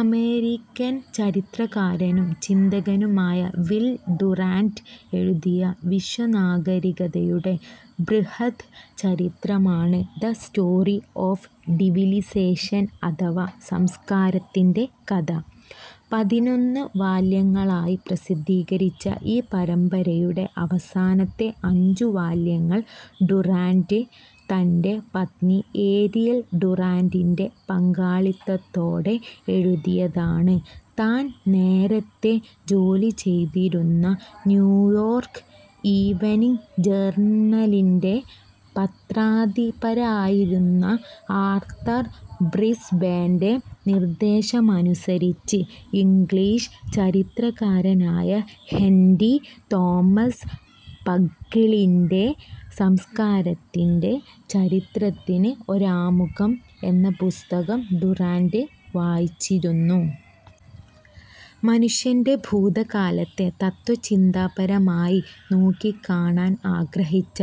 American ചരിത്രകാരനും ചിന്തകനുമായ Will Durant എഴുതിയ വിശ്വനാഗരികതയുടെ ബൃഹദ് ചരിത്രമാണ് ദ സ്റ്റോറി ഓഫ് സിവിലിസേഷൻ അഥവാ സംസ്കാരത്തിന്റെ കഥ. പതിനൊന്നു വാല്യങ്ങളായി പ്രസിദ്ധീകരിച്ച ഈ പരമ്പരയുടെ അവസാനത്തെ അഞ്ചു വാല്യങ്ങൾ ഡുറാന്റ്, തന്റെ പത്നി ഏരിയൽ ഡുറാന്റിന്റെ പങ്കാളിത്തത്തോടെ എഴുതിയതാണ്. താൻ നേരത്തേ ജോലിചെയ്തിരുന്ന ന്യൂയോർക്ക് ഈവനിങ്ങ് ജേർണലിന്റെ പത്രാധിപരായിരുന്ന ആർതർ ബ്രിസ്ബേന്റെ നിർദ്ദേശമനുസരിച്ച്, ഇംഗ്ലീഷ് ചരിത്രകാരനായ ഹെന്റി തോമസ് ബക്കിളിന്റെ "സംസ്കാരത്തിന്റെ ചരിത്രത്തിന് ഒരാമുഖം" എന്ന പുസ്തകം ഡുറാന്റ് വായിച്ചിരുന്നു. മനുഷ്യന്റെ ഭൂതകാലത്തെ തത്ത്വചിന്താപരമായി നോക്കിക്കാണാൻ ആഗ്രഹിച്ച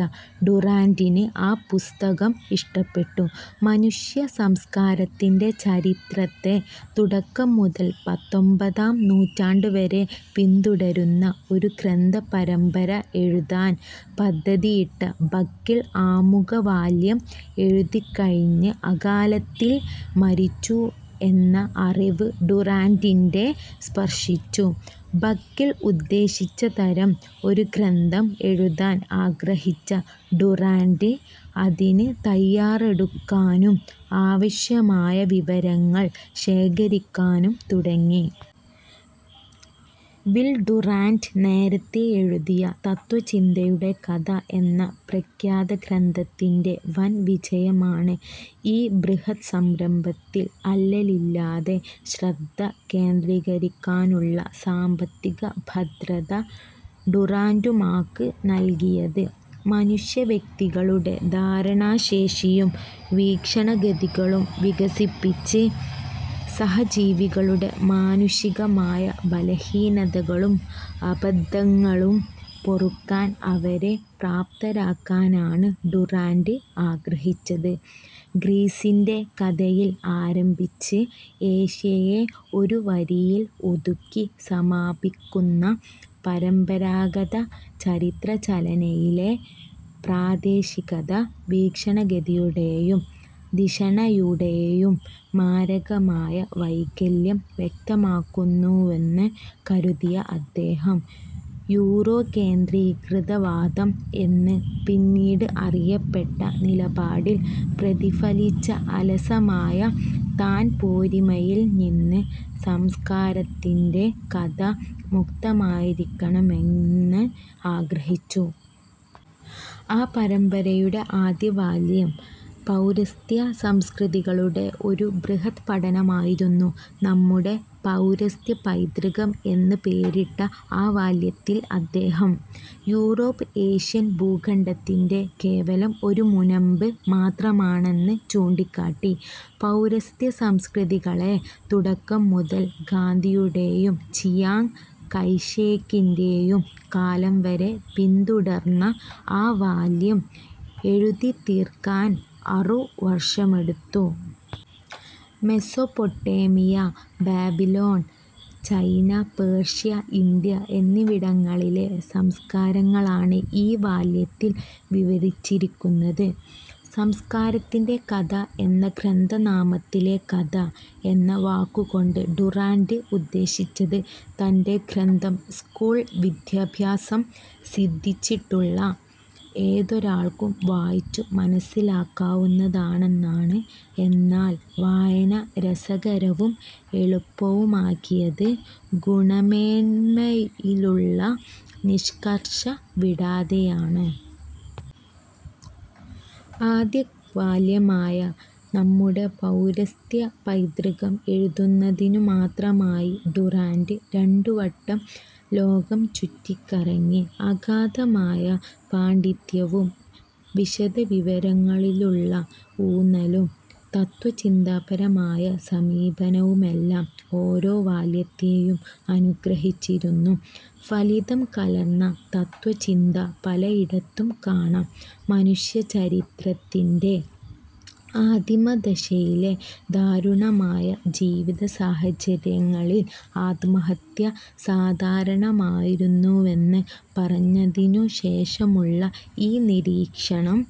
ഡുറാന്റിന് ആ പുസ്തകം ഇഷ്ടപ്പെട്ടു. മനുഷ്യ സംസ്കാരത്തിന്റെ ചരിത്രത്തെ തുടക്കം മുതൽ പത്തൊൻപതാം നൂറ്റാണ്ടുവരെ പിന്തുടരുന്ന ഒരു ഗ്രന്ഥപരമ്പര എഴുതാൻ പദ്ധതിയിട്ട ബക്കിൾ ആമുഖവാല്യം എഴുതിക്കഴിഞ്ഞ് അകാലത്തിൽ മരിച്ചു എന്ന അറിവ് ഡുറാന്റിന്റെ സ്പർശിച്ചു. ബക്കിൾ ഉദ്ദേശിച്ചതരം ഒരു ഗ്രന്ഥം എഴുതാൻ ആഗ്രഹിച്ച ഡുറാന്റ് അതിന് തയ്യാറെടുക്കാനും ആവശ്യമായ വിവരങ്ങൾ ശേഖരിക്കാനും തുടങ്ങി. വിൽ ഡുറാന്റ് നേരത്തെ എഴുതിയ "തത്ത്വചിന്തയുടെ കഥ" എന്ന പ്രഖ്യാതഗ്രന്ഥത്തിന്റെ വൻ വിജയമാണ്, ഈ ബൃഹദ്സംരംഭത്തിൽ അല്ലലില്ലാതെ ശ്രദ്ധ കേന്ദ്രീകരിക്കാനുള്ള സാമ്പത്തിക ഭദ്രത ഡുറാന്റുമാക്ക് നൽകിയത്. മനുഷ്യവ്യക്തികളുടെ ധാരണാശേഷിയും വീക്ഷണഗതികളും വികസിപ്പിച്ച്, സഹജീവികളുടെ മാനുഷികമായ ബലഹീനതകളും അബദ്ധങ്ങളും പൊറുക്കാൻ അവരെ പ്രാപ്തരാക്കാനാണ് ഡുറാന്റ് ആഗ്രഹിച്ചത്. "ഗ്രീസിന്റെ കഥയിൽ ആരംഭിച്ച്, ഏഷ്യയെ ഒരുവരിയിൽ ഒതുക്കി സമാപിക്കുന്ന പരമ്പരാഗത ചരിത്രരചനയിലെ പ്രാദേശികത, വീക്ഷണഗതിയുടേയും ധിഷണയുടേയും മാരകമായ വൈകല്യം വ്യക്തമാക്കുന്നുവെന്നു" കരുതിയ അദ്ദേഹം, യൂറോകേന്ദ്രീകൃതവാദം എന്ന് പിന്നീട് അറിയപ്പെട്ട നിലപാടിൽ പ്രതിഫലിച്ച അലസമായ താൻപോരിമയിൽ നിന്ന് സംസ്കാരത്തിന്റെ കഥ മുക്തമായിരിക്കണമെന്ന് ആഗ്രഹിച്ചു. ആ പരമ്പരയുടെ ആദ്യവാല്യം പൗരസ്ത്യസംസ്കൃതികളുടെ ഒരു ബൃഹദ്പഠനമായിരുന്നു. "നമ്മുടെ പൗരസ്ത്യപൈതൃകം" എന്ന് പേരിട്ട ആ വാല്യത്തിൽ അദ്ദേഹം, യൂറോപ്പ് ഏഷ്യൻ ഭൂഖണ്ഡത്തിന്റെ കേവലം ഒരു മുനമ്പ് മാത്രമാണെന്ന് ചൂണ്ടിക്കാട്ടി. പൗരസ്ത്യസംസ്കൃതികളെ തുടക്കം മുതൽ ഗാന്ധിയുടേയും ചിയാങ്ങ് കൈഷേക്കിന്റേയും കാലം വരെ പിന്തുടർന്ന ആ വാല്യം എഴുതിത്തീർക്കാൻ അറു വർഷമെടുത്തു. Mesopotamia, Babylon, China, Persia, India എന്നിവിടങ്ങളിലെ സംസ്കാരങ്ങളാണ് ഈ വാല്യത്തിൽ വിവരിച്ചിരിക്കുന്നത്. "സംസ്കാരത്തിന്റെ കഥ" എന്ന ഗ്രന്ഥനാമത്തിലെ 'കഥ' എന്ന വാക്കുകൊണ്ട് ഡുറാന്റ് ഉദ്ദേശിച്ചത് തന്റെ ഗ്രന്ഥം സ്കൂൾ വിദ്യാഭ്യാസം സിദ്ധിച്ചിട്ടുള്ള ഏതൊരാൾക്കും വായിച്ചു മനസ്സിലാക്കാവുന്നതാണെന്നാണ്. എന്നാൽ വായന രസകരവും എളുപ്പവുമാക്കിയത് ഗുണമേന്മയിലുള്ള നിഷ്കർഷ വിടാതെയാണ്. ആദ്യവാല്യമായ "നമ്മുടെ പൗരസ്ത്യപൈതൃകം" എഴുതുന്നതിനുമാത്രമായി ഡുറാന്റ് രണ്ടുവട്ടം ലോകം ചുറ്റിക്കറങ്ങി. അഗാധമായ പാണ്ഡിത്യവും, വിശദവിവരങ്ങളിലുള്ള ഊന്നലും, തത്ത്വചിന്താപരമായ സമീപനവുമെല്ലാം ഓരോ വാല്യത്തേയും അനുഗ്രഹിച്ചിരുന്നു. ഫലിതം കലർന്ന തത്ത്വചിന്ത പലയിടത്തും കാണാം. മനുഷ്യചരിത്രത്തിന്റെ ആദിമദശയിലെ ദാരുണമായ ജീവിതസാഹചര്യങ്ങളിൽ ആത്മഹത്യ സാധാരണമായിരുന്നുവെന്ന് പറഞ്ഞതിനുശേഷമുള്ള ഈ നിരീക്ഷണം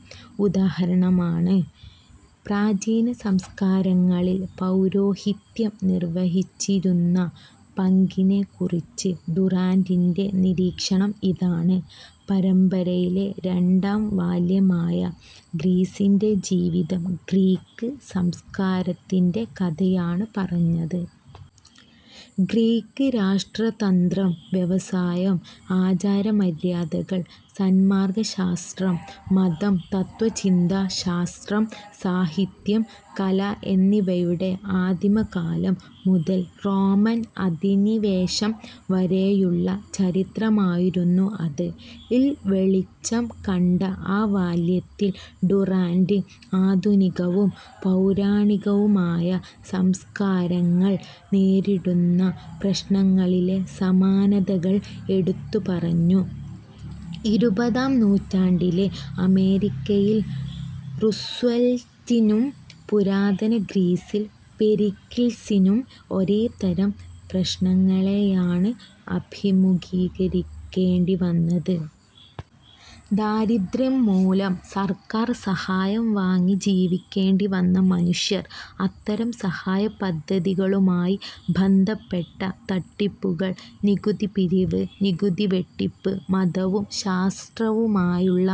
ഉദാഹരണമാണ്:- പ്രാചീനസംസ്കാരങ്ങളിൽ പൗരോഹിത്യം നിർവഹിച്ചിരുന്ന പങ്കിനെക്കുറിച്ച് ഡുറാന്റിന്റെ നിരീക്ഷണം ഇതാണ്:- പരമ്പരയിലെ രണ്ടാം വാല്യമായ "ഗ്രീസിന്റെ ജീവിതം", ഗ്രീക്ക് സംസ്കാരത്തിന്റെ കഥയാണ് പറഞ്ഞത്. ഗ്രീക്ക് രാഷ്ട്രതന്ത്രം, വ്യവസായം, ആചാരമര്യാദകൾ, സന്മാർഗശാസ്ത്രം, മതം, തത്ത്വചിന്ത, ശാസ്ത്രം, സാഹിത്യം, കല എന്നിവയുടെ ആദിമകാലം മുതൽ റോമൻ അധിനിവേശം വരെയുള്ള ചരിത്രമായിരുന്നു അത്. -ൽ വെളിച്ചം കണ്ട ആ വാല്യത്തിൽ ഡുറാന്റ്, ആധുനികവും പൗരാണികവുമായ സംസ്കാരങ്ങൾ നേരിടുന്ന പ്രശ്നങ്ങളിലെ സമാനതകൾ എടുത്തുപറഞ്ഞു. ഇരുപതാം നൂറ്റാണ്ടിലെ അമേരിക്കയിൽ റുസ്വെൽറ്റിനും, പുരാതന ഗ്രീസിൽ പെരിക്കിൾസിനും ഒരേതരം പ്രശ്നങ്ങളെയാണ് അഭിമുഖീകരിക്കേണ്ടിവന്നത്. ദാരിദ്ര്യം മൂലം സർക്കാർ സഹായം വാങ്ങി ജീവിക്കേണ്ടി വന്ന മനുഷ്യർ, അത്തരം സഹായപദ്ധതികളുമായി ബന്ധപ്പെട്ട തട്ടിപ്പുകൾ, നികുതിപിരിവ്, നികുതിവെട്ടിപ്പ്, മതവും ശാസ്ത്രവുമായുള്ള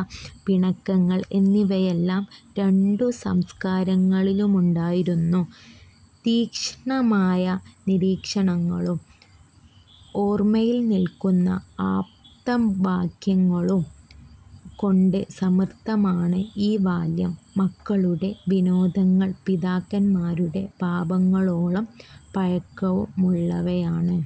പിണക്കങ്ങൾ എന്നിവയെല്ലാം, രണ്ടു സംസ്കാരങ്ങളിലുമുണ്ടായിരുന്നു. തീക്ഷ്ണമായ നിരീക്ഷണങ്ങളും ഓർമ്മയിൽ നിൽക്കുന്ന ആപ്തവാക്യങ്ങളും കൊണ്ട് സമൃദ്ധമാണ് ഈ വാല്യം. "മക്കളുടെ വിനോദങ്ങൾ പിതാക്കന്മാരുടെ പാപങ്ങളോളം പഴക്കമുള്ളവയാണ്"